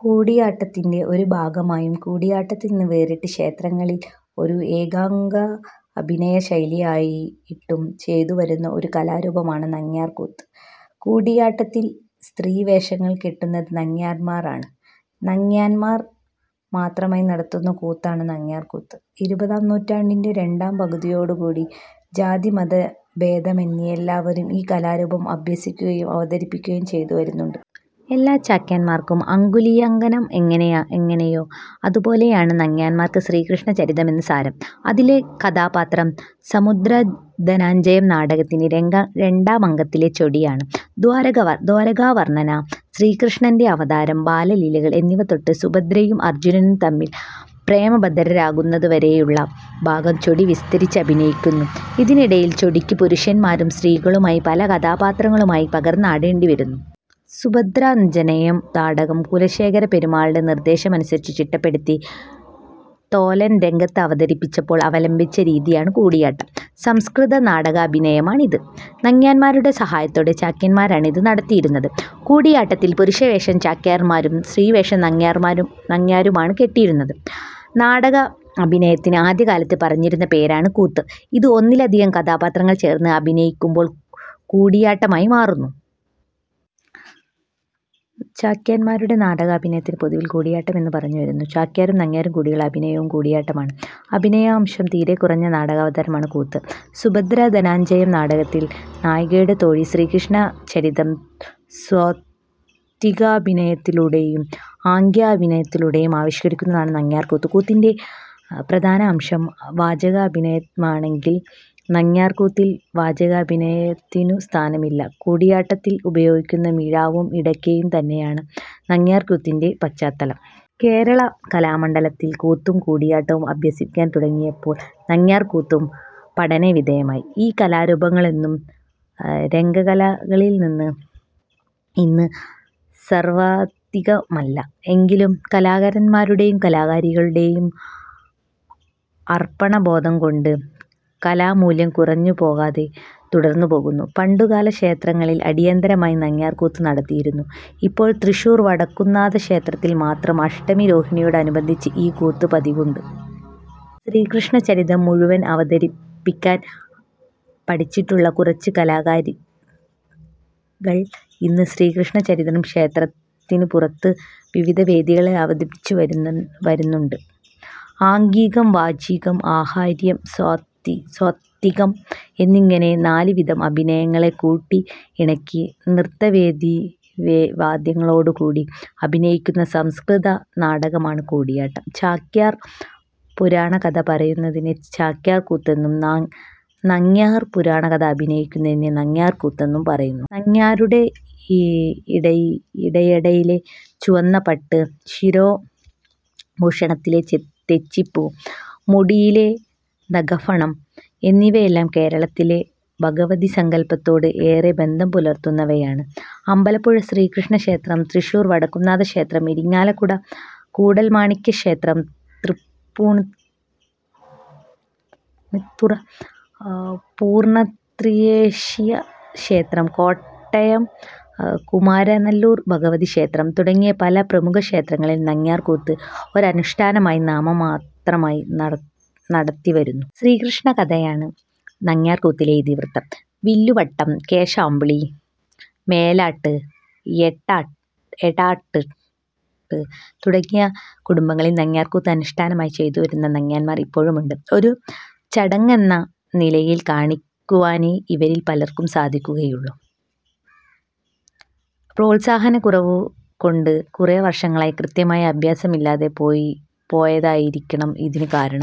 കൂടിയാട്ടത്തിൻ്റെ ഒരു ഭാഗമായും, കൂടിയാട്ടത്തിൽനിന്നു വേറിട്ട് ക്ഷേത്രങ്ങളിൽ ഒരു ഏകാംഗാഭിനയ ശൈലിയായിട്ടും ചെയ്തുവരുന്ന ഒരു കലാരൂപമാണ് നങ്ങ്യാർക്കൂത്ത്. കൂടിയാട്ടത്തിൽ സ്ത്രീവേഷങ്ങൾ കെട്ടുന്നത് നങ്ങ്യാന്മാരാണ്. നങ്ങ്യാന്മാർ മാത്രമായി നടത്തുന്ന കൂത്താണ് നങ്ങ്യാർക്കൂത്ത്. ഇരുപതാം നൂറ്റാണ്ടിൻ്റെ രണ്ടാം പകുതിയോടു കൂടി ജാതിമത ഭേദമന്യേ എല്ലാവരും ഈ കലാരൂപം അഭ്യസിക്കുകയും അവതരിപ്പിക്കുകയും ചെയ്തു വരുന്നുണ്ട്. എല്ലാ ചാക്യാന്മാർക്ക് അംഗുലീയാങ്കം എങ്ങനെയോ, അതുപോലെയാണ് നങ്ങ്യാന്മാർക്ക് ശ്രീകൃഷ്ണചരിതമെന്നുസാരം. അതിലെ കഥാപാത്രം സുഭദ്രാധനഞ്ജയം നാടകത്തിൻ്റെ രണ്ടാമങ്കത്തിലെ 'ചേടി' ആണ്. ദ്വാരകാവർണന, ശ്രീകൃഷ്ണൻ്റെ അവതാരം, ബാലലീലകൾ എന്നിവ തൊട്ട് സുഭദ്രയും അർജ്ജുനനും തമ്മിൽ പ്രേമബദ്ധരാകുന്നതുവരെയുള്ള ഭാഗം ചേടി വിസ്തരിച്ച് അഭിനയിക്കുന്നു. ഇതിനിടയിൽ ചേടിക്ക് പുരുഷന്മാരും സ്ത്രീകളുമായ പലകഥാപാത്രങ്ങളുമായി പകർന്നാടേണ്ടി വരുന്നു. സുഭദ്രാധനഞ്ജയം നാടകം കുലശേഖര പെരുമാളുടെ നിർദ്ദേശമനുസരിച്ച് ചിട്ടപ്പെടുത്തി തോലൻ രംഗത്ത് അവതരിപ്പിച്ചപ്പോൾ അവലംബിച്ച രീതിയാണ് കൂടിയാട്ടം. സംസ്കൃത നാടകാഭിനയമാണ് ഇത്. നമ്പ്യാന്മാരുടെ സഹായത്തോടെ ചാക്യാന്മാരാണ് ഇത് നടത്തിയിരുന്നത്. കൂടിയാട്ടത്തിൽ പുരുഷവേഷം ചാക്യാരും സ്ത്രീവേഷം നങ്ങ്യാരുമാണ് കെട്ടിയിരുന്നത്. നാടകാഭിനയത്തിന് ആദ്യകാലത്തു പറഞ്ഞിരുന്ന പേരാണ് കൂത്ത്. ഇത് ഒന്നിലധികം കഥാപാത്രങ്ങൾ ചേർന്ന് അഭിനയിക്കുമ്പോൾ കൂടിയാട്ടമായി മാറുന്നു. ചാക്യാന്മാരുടെ നാടാകാഭിനയത്തിന് പൊതുവിൽ കൂടിയാട്ടമെന്നു പറഞ്ഞുവരുന്നു. ചാക്യാരും നങ്ങ്യാരും കൂടിയുള്ള അഭിനയവും കൂടിയാട്ടമാണ്. അഭിനയാംശം തീരെ കുറഞ്ഞ നാടകാവതരണമാണ് കൂത്ത്. സുഭദ്രാധനഞ്ജയം നാടകത്തിൽ നായികയുടെ തോഴി ശ്രീകൃഷ്ണചരിതം സാത്വികാഭിനയത്തിലൂടെയും ആംഗികാഭിനയത്തിലൂടെയും ആവിഷ്കരിക്കുന്നതാണ് നങ്ങ്യാർകൂത്ത്. കൂത്തിൻ്റെ പ്രധാനാംശം വാചികാഭിനയമാണെങ്കിൽ നങ്ങ്യാർകൂത്തിൽ വാചികാഭിനയത്തിനു സ്ഥാനമില്ല. കൂടിയാട്ടത്തിൽ ഉപയോഗിക്കുന്ന മിഴാവും ഇടയ്ക്കയും തന്നെയാണ് നങ്ങ്യാർകൂത്തിൻ്റെയും പശ്ചാത്തലം. കേരള കലാമണ്ഡലത്തിൽ കൂത്തും കൂടിയാട്ടവും അഭ്യസിപ്പിക്കാൻ തുടങ്ങിയപ്പോൾ നങ്ങ്യാർകൂത്തും പഠനവിധേയമായി. ഈ കലാരൂപങ്ങളൊന്നും രംഗകലകളിൽ നിന്ന് ഇന്ന് സാർവത്രികമല്ല. എങ്കിലും കലാകാരന്മാരുടെയും കലാകാരികളുടെയും അർപ്പണബോധംകൊണ്ട്, കലാമൂല്യം കുറഞ്ഞുപോകാതെ തുടർന്നുപോകുന്നു. പണ്ടു കാല ക്ഷേത്രങ്ങളിൽ 'അടിയന്തര'മായി നങ്ങ്യാർകൂത്ത് നടത്തിയിരുന്നു. ഇപ്പോൾ തൃശ്ശൂർ വടക്കുന്നാഥ ക്ഷേത്രത്തിൽ മാത്രം അഷ്ടമി രോഹിണിയോടനുബന്ധിച്ച് ഈ കൂത്ത് പതിവുണ്ട്. ശ്രീകൃഷ്ണചരിതം മുഴുവൻ അവതരിപ്പിക്കാൻ പഠിച്ചിട്ടുള്ള കുറച്ചു കലാകാരികൾ ഇന്ന് ശ്രീകൃഷ്ണചരിതം ക്ഷേത്രത്തിനു പുറത്ത് വിവിധ വേദികളിൽ അവതരിപ്പിച്ചു വരുന്നുണ്ട് ആംഗികം, വാചികം, ആഹാര്യം, സാത്ത്വികം എന്നിങ്ങനെ നാല് വിധം അഭിനയങ്ങളെ കൂട്ടി ഇണക്കി നൃത്തവാദ്യങ്ങളോടുകൂടി അഭിനയിക്കുന്ന സംസ്കൃതനാടകമാണ് കൂടിയാട്ടം. ചാക്യാർ പുരാണകഥ പറയുന്നതിനെ ചാക്യാർക്കൂത്തെന്നും നങ്ങ്യാർ പുരാണകഥ അഭിനയിക്കുന്നതിനെ നങ്ങ്യാർക്കൂത്തെന്നും പറയുന്നു. നങ്ങ്യാരുടെ ഇടയാടയിലെ ചുവന്ന പട്ട്, ശിരോഭൂഷണത്തിലെ ചെത്തിപ്പൂവ്, മുടിയിലെ നഗഫണം എന്നിവയെല്ലാം കേരളത്തിലെ ഭഗവതീസങ്കല്പത്തോട് ഏറെ ബന്ധം പുലർത്തുന്നവയാണ്. അമ്പലപ്പുഴ ശ്രീകൃഷ്ണ ക്ഷേത്രം, തൃശ്ശൂർ വടക്കുംനാഥൻ ക്ഷേത്രം, ഇരിഞ്ഞാലക്കുട കൂടൽമാണിക്യം ക്ഷേത്രം, തൃപ്പൂണിത്തുറ പൂർണ്ണത്രയീശക്ഷേത്രം, കോട്ടയം കുമാരനല്ലൂർ ഭഗവതീക്ഷേത്രം തുടങ്ങിയ പല പ്രമുഖക്ഷേത്രങ്ങളിലും നങ്ങ്യാർക്കൂത്ത് ഒരനുഷ്ഠാനമായി നാമമാത്രമായി നടത്തിവരുന്നു. ശ്രീകൃഷ്ണകഥയാണ് നങ്ങ്യാർക്കൂത്തിലെ ഇതിവൃത്തം. വില്ലുവട്ടം, കോശമ്പിള്ളി, മേലട്ട്, എട്ടട്ട് എടാട്ട് തുടങ്ങിയ കുടുംബങ്ങളിൽ നങ്ങ്യാർകൂത്ത് അനുഷ്ഠാനമായി ചെയ്തുവരുന്ന നങ്ങ്യാരമ്മമാർ ഇപ്പോഴും ഉണ്ട്. ഒരു ചടങ്ങെന്ന നിലയിൽ കാണിക്കുവാനേ ഇവരിൽ പലർക്കും സാധിക്കുകയുള്ളു. പ്രോത്സാഹനക്കുറവുകൊണ്ട് കുറേവർഷങ്ങളായി കൃത്യമായ അഭ്യാസമില്ലാതെ പോയി പോയതായിരിക്കണം ഇതിന് കാരണം.